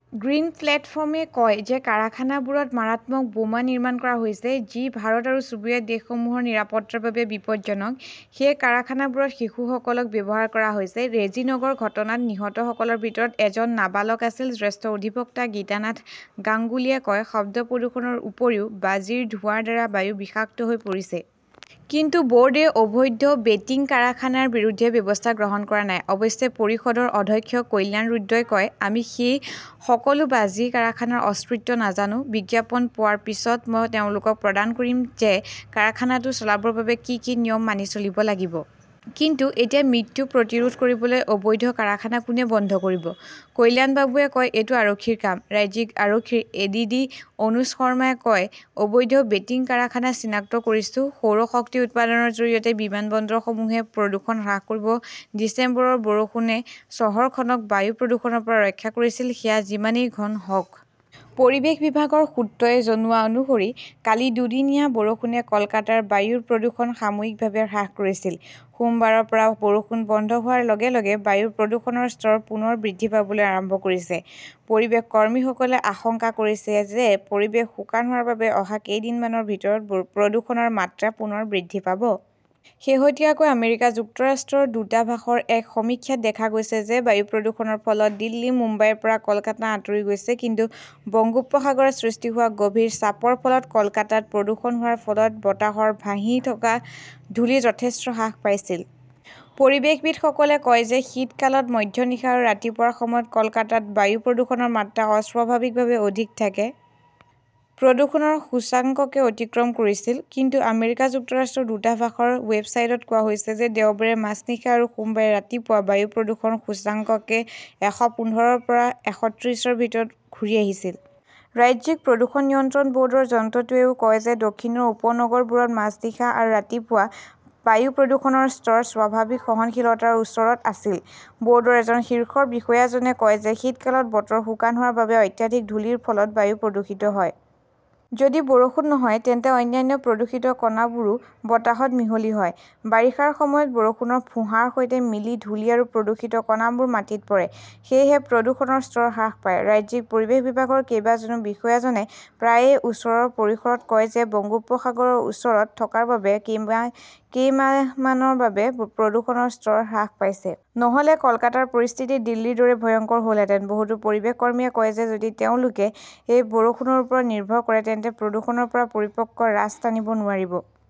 Green প্লেটফৰ্ম-এ কয় যে কাৰখানাবোৰত মাৰাত্মক বোমা নিৰ্মাণ কৰা হৈছে, যি ভাৰত আৰু চুবুৰীয়া দেশসমূহৰ নিৰাপত্তাৰ বাবে বিপদজনক। সেই কাৰখানাবোৰত শিশুসকলক ব্যৱহাৰ কৰা হৈছে। ৰেজিনগৰ ঘটনাত নিহতসকলৰ ভিতৰত এজন নাবালক আছিল। জ্যেষ্ঠ অধিবক্তা গীতানাথ গাংগুলীয়ে কয়, শব্দ প্ৰদূষণৰ উপৰিও বাজিৰ ধোঁৱাৰ দ্বাৰা বায়ু বিষাক্ত হৈ পৰিছে। কিন্তু বৰ্ডে অবৈধ বেটিং কাৰখানাৰ বিৰুদ্ধে ব্যৱস্থা গ্ৰহণ কৰা নাই। অৱশ্যে, পৰিষদৰ অধ্যক্ষ কল্যাণ ৰুদ্ৰই কয়, আমি সেই সকলো বাজি কাৰখানাৰ অস্তিত্ব নাজানো। বিজ্ঞাপন পোৱাৰ পিছত, মই তেওঁলোকক প্ৰদান কৰিম যে কাৰখানাটো চলাবৰ বাবে কি কি নিয়ম মানি চলিব লাগিব। কিন্তু এতিয়া মৃত্যু প্ৰতিৰোধ কৰিবলৈ অবৈধ কাৰখানা কোনে বন্ধ কৰিব? কল্যাণবাবুৱে কয়, এইটো আৰক্ষীৰ কাম। ৰাজ্যিক আৰক্ষীৰ এডিডি অনুজ শৰ্মাই কয়, অবৈধ বেটিং কাৰখানা চিনাক্ত কৰিছো। সৌৰ শক্তি উৎপাদনৰ জৰিয়তে বিমানবন্দৰসমূহে প্ৰদূষণ হ্ৰাস কৰিব ডিচেম্বৰৰ বৰষুণে চহৰখনক বায়ু প্ৰদূষণৰ পৰা ৰক্ষা কৰিছিল, সেয়া যিমানেই ঘন হওঁক। পৰিৱেশ বিভাগৰ সূত্ৰই জনোৱা অনুসৰি কালি দুদিনীয়া বৰষুণে কলকাতাৰ বায়ুৰ প্ৰদূষণ সাময়িকভাৱে হ্ৰাস কৰিছিল। সোমবাৰৰ পৰা বৰষুণ বন্ধ হোৱাৰ লগে-লগে বায়ুৰ প্ৰদূষণৰ স্তৰ পুনৰ বৃদ্ধি পাবলৈ আৰম্ভ কৰিছে। পৰিৱেশ কৰ্মীসকলে আশংকা কৰিছে যে পৰিৱেশ শুকান হোৱাৰ বাবে অহা কেইদিনমানৰ ভিতৰত প্ৰদূষণৰ মাত্ৰা পুনৰ বৃদ্ধি পাব। শেহতীয়াকৈ আমেৰিকা যুক্তৰাষ্ট্ৰৰ দূতাবাসৰ এক সমীক্ষাত দেখা গৈছে যে বায়ু প্ৰদূষণৰ ফলত দিল্লী, মুম্বাইৰ পৰা কলকাতা আঁতৰি গৈছে। কিন্তু বংগোপসাগৰত সৃষ্টি হোৱা গভীৰ চাপৰ ফলত কলকাতাত বৰষুণ হোৱাৰ ফলত বতাহৰ ভাহি থকা ধূলি যথেষ্ট হ্ৰাস পাইছিল। পৰিৱেশবিদসকলে কয় যে শীতকালত মধ্যনিশা আৰু ৰাতিপুৱাৰ সময়ত কলকাতাত বায়ু প্ৰদূষণৰ মাত্ৰা অস্বাভাৱিকভাৱে অধিক থাকে। প্ৰদূষণৰ সূচকাংকে অতিক্ৰম কৰিছিল। কিন্তু আমেৰিকা যুক্তৰাষ্ট্ৰৰ দূতাবাসৰ ৱেবছাইটত কোৱা হৈছে যে দেওবাৰে মাজনিশা আৰু সোমবাৰে ৰাতিপুৱা বায়ু প্ৰদূষণ সূচকাংকে এশপোন্ধৰ ৰ পৰা এশত্ৰিছ ৰ ভিতৰত ঘূৰি আহিছিল। ৰাজ্যিক প্ৰদূষণ নিয়ন্ত্ৰণ বৰ্ডৰ যন্ত্ৰটোৱেও কয় যে দক্ষিণৰ উপনগৰবোৰত মাজনিশা আৰু ৰাতিপুৱা বায়ু প্ৰদূষণৰ স্তৰ স্বাভাৱিক সহনশীলতাৰ ওচৰত আছিল। বৰ্ডৰ এজন শীৰ্ষ বিষয়াজনে কয় যে শীতকালত বতৰ শুকান হোৱাৰ বাবে অত্যাধিক ধূলিৰ ফলত বায়ু দূষিত হয়। যদি বৰষুণ নহয় তেন্তে অন্যান্য প্ৰদূষিত কণাবোৰো বতাহত মিহলি হয়। বাৰিষাৰ সময়ত বৰষুণৰ ফোঁহাৰ সৈতে মিলি ধূলি আৰু প্ৰদূষিত কণাবোৰ মাটিত পৰে। সেয়েহে প্ৰদূষণৰ স্তৰ হ্ৰাস পায়। ৰাজ্যিক পৰিৱেশ বিভাগৰ কেইবাজনো বিষয়াজনে প্ৰায়ে ওচৰৰ পৰিসৰত কয় যে বংগোপসাগৰৰ ওচৰত থকাৰ বাবে কেইমাহমানৰ বাবে প্ৰদূষণৰ স্তৰ হ্ৰাস পাইছে। নহলে কলকাতাৰ পৰিস্থিতি দিল্লীৰ দৰেই ভয়ংকৰ হলহেঁতেন। বহুতো পৰিৱেশ কৰ্মীই কয় যে যদি তেওঁলোকে এই বৰষুণৰ ওপৰত নিৰ্ভৰ কৰে তেন্তে প্ৰদূষণৰ পৰা পৰিপক্ক ৰাছ টানিব নোৱাৰিব।